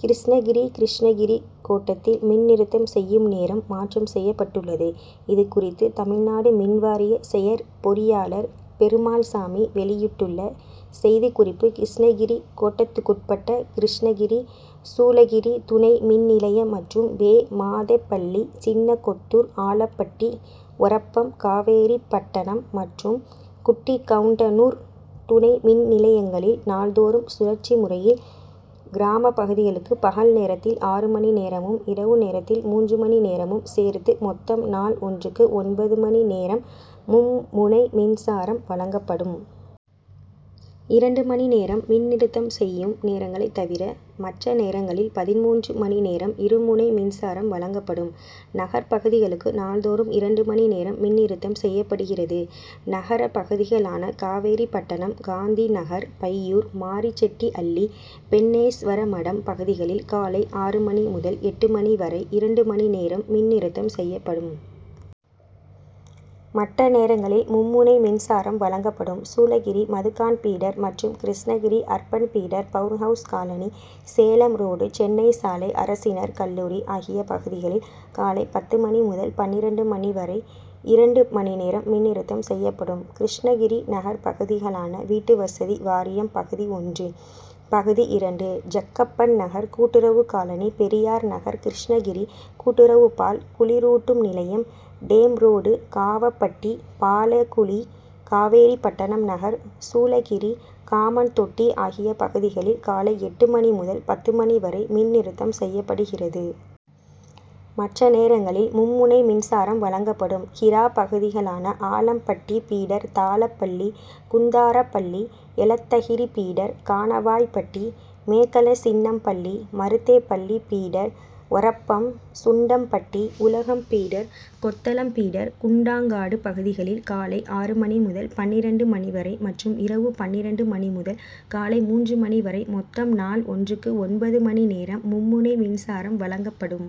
கிருஷ்ணகிரி கிருஷ்ணகிரி கோட்டத்தில் மின் நிறுத்தம் செய்யும் நேரம் மாற்றம் செய்யப்பட்டுள்ளது. இது குறித்து தமிழ்நாடு மின்வாரிய செயற்பொறியாளர் பெருமாள்சாமி வெளியிட்டுள்ள செய்திக்குறிப்பு கிருஷ்ணகிரி கோட்டத்துக்குட்பட்ட கிருஷ்ணகிரி, சூளகிரி துணை மின்நிலையம் மற்றும் வே. மாதேப்பள்ளி, சின்னக்கொத்தூர், ஆலப்பட்டி, ஒரப்பம், காவேரிப்பட்டணம் மற்றும் குட்டிகவுன்டனூர் துணை மின் நிலையங்களில் நாள்தோறும் சுழற்சி முறையில் கிராம பகுதிகளுக்கு பகல் நேரத்தில் ஆறு மணி நேரமும், இரவு நேரத்தில் மூன்று மணி நேரமும் சேர்த்து மொத்தம் நாள் ஒன்றுக்கு ஒன்பது மணி நேரம் மும்முனை மின்சாரம் வழங்கப்படும். இரண்டு மணி நேரம் மின் நிறுத்தம் செய்யும் நேரங்களை தவிர மற்ற நேரங்களில் பதின்மூன்று மணி நேரம் இரு முனை மின்சாரம் வழங்கப்படும். நகர் பகுதிகளுக்கு நாள்தோறும் இரண்டு மணி நேரம் மின்நிறுத்தம் செய்யப்படுகிறது. நகர பகுதிகளான காவேரிப்பட்டணம் காந்தி நகர், பையூர், மாரிசெட்டிஅள்ளி, பென்னேஸ்வரமடம் பகுதிகளில் காலை ஆறு மணி முதல் எட்டு மணிவரை இரண்டு மணிநேரம் மின் நிறுத்தம் செய்யப்படும். மற்ற நேரங்களில் மும்முனை மின்சாரம் வழங்கப்படும். சூளகிரி மதுகான்பீடர் மற்றும் Krishnagiri urban feeder, power house colony, Salem road, Chennai சாலை, அரசினர் கல்லூரி ஆகிய பகுதிகளில் காலை பத்து மணி முதல் பன்னிரண்டு மணிவரை இரண்டு மணிநேரம் மின் நிறுத்தம் செய்யப்படும். கிருஷ்ணகிரி நகர் பகுதிகளான வீட்டுவசதி வாரியம் பகுதி ஒன்று, பகுதி இரண்டு, ஜக்கப்பன்நகர், கூட்டுறவு காலனி, பெரியார் நகர், கிருஷ்ணகிரி கூட்டுறவு பால் குளிரூட்டும் நிலையம், டேம்ரோடு, காவாப்பட்டி, பாளேகுளி, காவேரிப்பட்டணம் நகர், சூளகிரி, காமன்தொட்டி ஆகிய பகுதிகளில் காலை எட்டு மணி முதல் பத்து மணி வரை மின் நிறுத்தம் செய்யப்படுகிறது. மற்ற நேரங்களில் மும்முனை மின்சாரம் வழங்கப்படும். கிரா பகுதிகளான Alappatti feeder, Thalapalli, Kundarapalli, Elathagiri feeder, Kanavaipatti, Megalachinnampalli, Maruthepalli feeder, Orappam, Sundampatti, Ulagam feeder, Kothalam feeder, Kundangadu பகுதிகளில் காலை ஆறு மணி முதல் பன்னிரண்டு மணிவரை மற்றும் இரவு பன்னிரண்டு மணி முதல் காலை மூன்று மணிவரை மொத்தம் நாள் ஒன்றுக்கு ஒன்பது மணிநேரம் மும்முனை மின்சாரம் வழங்கப்படும்.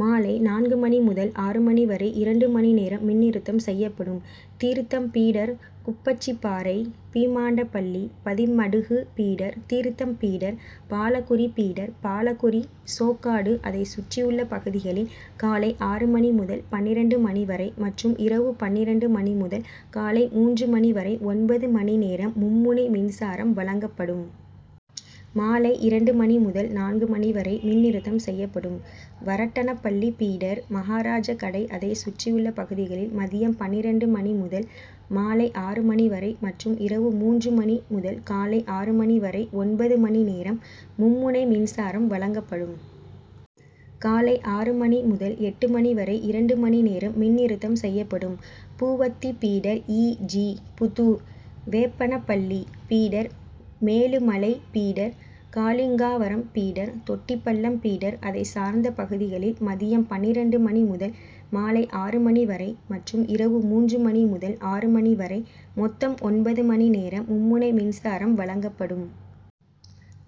மாலை நான்கு மணி முதல் ஆறு மணிவரை இரண்டு மணி நேரம் மின் நிறுத்தம் செய்யப்படும். Theertham feeder, Kuppachiparai, Beemandapalli, Pathimadugu feeder, Theertham feeder, Balakuri feeder, Balakuri, Sokkadu அதை சுற்றியுள்ள பகுதிகளில் காலை ஆறு மணி முதல் பன்னிரண்டு மணிவரை மற்றும் இரவு பன்னிரண்டு மணி முதல் காலை மூன்று மணிவரை ஒன்பது மணிநேரம் மும்முனை மின்சாரம் வழங்கப்படும். மாலை இரண்டு மணி முதல் நான்கு மணிவரை மின் நிறுத்தம் செய்யப்படும். வரட்டனப்பள்ளி பீடர், மகாராஜகடை அதை சுற்றியுள்ள பகுதிகளில் மதியம் பன்னிரண்டு மணி முதல் மாலை ஆறு மணிவரை மற்றும் இரவு மூன்று மணி முதல் காலை ஆறு மணிவரை ஒன்பது மணிநேரம் மும்முனை மின்சாரம் வழங்கப்படும். காலை ஆறு மணி முதல் எட்டு மணிவரை இரண்டு மணிநேரம் மின் நிறுத்தம் செய்யப்படும். Poovathi feeder, E. G Puthur, Veppanapalli feeder, Melumalai feeder, Kalingavaram feeder, Thottipallam feeder அதை சார்ந்த பகுதிகளில் மதியம் பன்னிரண்டு மணி முதல் மாலை ஆறு மணிவரை மற்றும் இரவு மூன்று மணி முதல் ஆறு மணி வரை மொத்தம் ஒன்பது மணிநேரம் மும்முனை மின்சாரம் வழங்கப்படும்.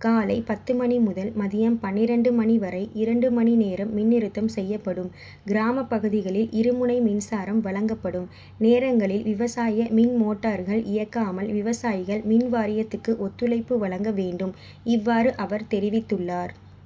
காலை பத்து மணி முதல் மதியம் பன்னிரண்டு மணிவரை இரண்டு மணிநேரம் மின் நிறுத்தம் செய்யப்படும். கிராம பகுதிகளில் இருமுனை மின்சாரம் வழங்கப்படும் நேரங்களில் விவசாய மின்மோட்டார்கள் இயக்காமல் விவசாயிகள் மின்வாரியத்துக்கு ஒத்துழைப்பு வழங்க வேண்டும். இவ்வாறு அவர் தெரிவித்துள்ளார்.